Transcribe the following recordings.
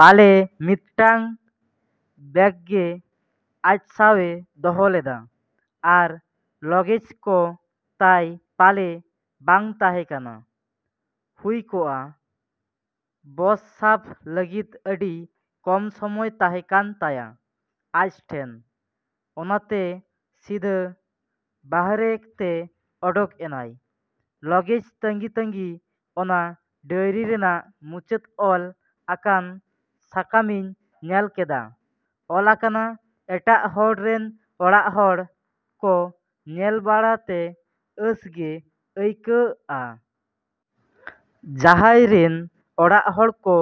ᱯᱟᱞᱮ ᱢᱤᱫᱴᱟᱹᱝ ᱵᱮᱜ ᱜᱮ ᱟᱡ ᱥᱟᱶ ᱮ ᱫᱚᱦᱚ ᱞᱮᱫᱼᱟ ᱟᱨ ᱞᱚᱜᱮᱡᱽ ᱠᱚ ᱛᱟᱭ ᱯᱟᱞᱮ ᱵᱟᱝ ᱛᱟᱦᱮᱸ ᱠᱟᱱᱟ ᱾ ᱦᱩᱭ ᱠᱚᱜᱼᱟ ᱵᱚᱥ ᱥᱟᱵ ᱞᱟᱹᱜᱤᱫ ᱟᱹᱰᱤ ᱠᱚᱢ ᱥᱚᱢᱚᱭ ᱛᱟᱦᱮᱸ ᱠᱟᱱ ᱛᱟᱭᱟ ᱟᱡ ᱴᱷᱮᱱ᱾ ᱚᱱᱟ ᱛᱮ ᱥᱤᱫᱷᱟᱹ ᱵᱟᱦᱨᱮ ᱛᱮ ᱚᱰᱚᱠ ᱮᱱᱟᱭ ᱞᱚᱜᱮᱡᱽ ᱛᱟᱺᱜᱤ ᱛᱟᱺᱜᱤ ᱚᱱᱟ ᱰᱟᱹᱭᱨᱤ ᱨᱮᱱᱟᱜ ᱢᱩᱪᱟᱹᱫ ᱚᱞ ᱟᱠᱟᱱ ᱥᱟᱠᱟᱢᱤᱧ ᱧᱮᱞ ᱠᱮᱫᱼᱟ ᱚᱞ ᱟᱠᱟᱱᱟ ᱮᱴᱟᱜ ᱦᱚᱲ ᱨᱤᱱ ᱚᱲᱟᱜ ᱦᱚᱲ ᱠᱚ ᱧᱮᱞ ᱵᱟᱲᱟ ᱛᱮ ᱟᱸᱥ ᱜᱮ ᱟᱹᱭᱠᱟᱹᱣᱜᱼᱟ ᱾ ᱡᱟᱦᱟᱸᱭ ᱨᱤᱱ ᱚᱲᱟᱜ ᱦᱚᱲ ᱠᱚ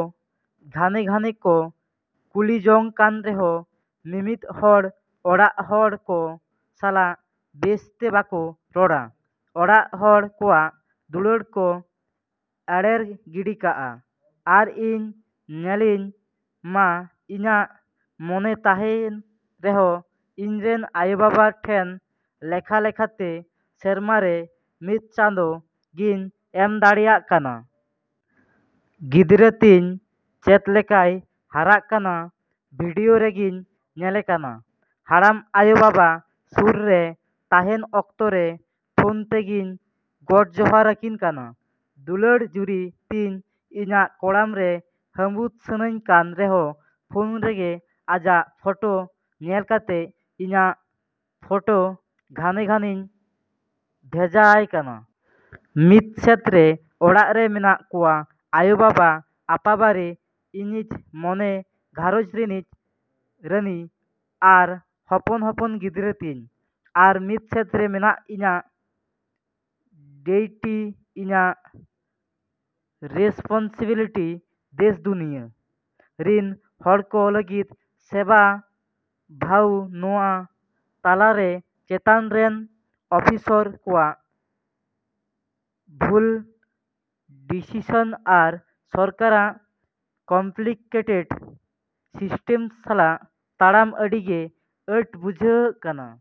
ᱜᱷᱟᱱᱮ ᱜᱷᱟᱱᱮ ᱠᱚ ᱠᱩᱞᱤ ᱡᱚᱝ ᱠᱟᱱ ᱨᱮᱦᱚᱸ ᱢᱤᱢᱤᱫ ᱦᱚᱲ ᱚᱲᱟᱜ ᱦᱚᱲ ᱠᱚ ᱥᱟᱞᱟᱜ ᱵᱮᱥ ᱛᱮ ᱵᱟᱠᱚ ᱨᱚᱲᱟ ᱾ ᱚᱲᱟᱜ ᱦᱚᱲ ᱠᱚᱣᱟᱜ ᱫᱩᱞᱟᱹᱲ ᱠᱚ ᱮᱨᱮᱲ ᱜᱤᱰᱤ ᱠᱟᱜᱼᱟ ᱟᱨ ᱤᱧ ᱧᱮᱞᱤᱧ ᱢᱟ ᱤᱧᱟᱜ ᱢᱚᱱᱮ ᱛᱟᱦᱮᱸᱱ ᱨᱮᱦᱚᱸ ᱤᱧ ᱨᱤᱱ ᱟᱭᱳ ᱵᱟᱵᱟ ᱴᱷᱮᱱ ᱞᱮᱠᱷᱟ ᱞᱮᱠᱷᱟ ᱛᱮ ᱥᱮᱨᱢᱟ ᱨᱮ ᱢᱤᱫ ᱪᱟᱸᱫᱚ ᱜᱤᱧ ᱮᱢ ᱫᱟᱲᱮᱭᱟᱜ ᱠᱟᱱᱟ ᱾ ᱜᱤᱫᱽᱨᱟᱹ ᱛᱤᱧ ᱪᱮᱫ ᱞᱮᱠᱟᱭ ᱦᱟᱨᱟᱜ ᱠᱟᱱᱟ ᱵᱷᱤᱰᱤᱭᱳ ᱨᱮᱜᱤᱧ ᱧᱮᱞᱮ ᱠᱟᱱᱟ ᱾ ᱦᱟᱲᱟᱢ ᱟᱭᱳ ᱵᱟᱵᱟ ᱥᱩᱨ ᱨᱮ ᱛᱟᱦᱮᱸᱱ ᱚᱠᱛᱚ ᱨᱮ ᱯᱷᱳᱱ ᱛᱮᱜᱤᱧ ᱜᱳᱰ ᱡᱚᱦᱟᱨ ᱟᱹᱠᱤᱱ ᱠᱟᱱᱟ ᱾ᱫᱩᱞᱟᱹᱲ ᱡᱩᱨᱤ ᱛᱤᱧ ᱤᱧᱟᱜ ᱠᱚᱲᱟᱢ ᱨᱮ ᱦᱟᱺᱵᱩᱫ ᱥᱟᱹᱱᱟᱹᱧ ᱠᱟᱱ ᱨᱮᱦᱚᱸ ᱯᱷᱳᱱ ᱨᱮᱜᱮ ᱟᱡᱟᱜ ᱯᱷᱳᱴᱚ ᱧᱮᱞ ᱠᱟᱛᱮ ᱤᱧᱟᱜ ᱯᱷᱳᱴᱚ ᱜᱷᱟᱱᱮ ᱜᱷᱟᱱᱮᱧ ᱵᱷᱮᱡᱟ ᱟᱭ ᱠᱟᱱᱟ ᱾ ᱢᱤᱫ ᱥᱮᱫ ᱨᱮ ᱚᱲᱟᱜ ᱨᱮ ᱢᱮᱱᱟᱜ ᱠᱚᱣᱟ ᱟᱭᱳ ᱵᱟᱵᱟ ᱟᱯᱟ ᱵᱟᱨᱮ ᱤᱧᱤᱡ ᱢᱚᱱᱮ ᱜᱷᱟᱨᱚᱸᱡᱽ ᱨᱤᱱᱤᱡ ᱨᱟᱹᱱᱤ ᱟᱨ ᱦᱚᱯᱚᱱ ᱦᱚᱯᱚᱱ ᱜᱤᱫᱽᱨᱟᱹ ᱛᱤᱧ ᱟᱨ ᱢᱤᱫ ᱥᱮᱫ ᱨᱮ ᱢᱮᱱᱟᱜ ᱤᱧᱟᱜ ᱰᱮᱭᱴᱤ ᱤᱧᱟᱜ ᱨᱮᱥᱯᱚᱱᱥᱤᱵᱤᱞᱤᱴᱤ ᱫᱮᱥ ᱫᱩᱱᱤᱭᱟᱹ ᱨᱤᱱ ᱦᱚᱲ ᱠᱚ ᱞᱟᱹᱜᱤᱫ ᱥᱮᱵᱟ ᱵᱷᱟᱣ ᱱᱚᱶᱟ ᱛᱟᱞᱟ ᱨᱮ ᱪᱮᱛᱟᱱ ᱨᱤᱱ ᱚᱯᱷᱤᱥᱚᱨ ᱠᱚᱣᱟᱜ ᱵᱷᱩᱞ ᱰᱤᱥᱤᱥᱚᱱ ᱟᱨ ᱥᱚᱨᱠᱟᱨᱟᱜ ᱠᱚᱢᱯᱞᱤᱠᱮᱴᱮᱰ ᱥᱤᱥᱴᱚᱢ ᱥᱟᱞᱟᱜ ᱛᱟᱲᱟᱢ ᱟᱹᱰᱤ ᱜᱮ ᱟᱸᱴ ᱵᱩᱡᱷᱟᱹᱣᱜ ᱠᱟᱱᱟ ᱾।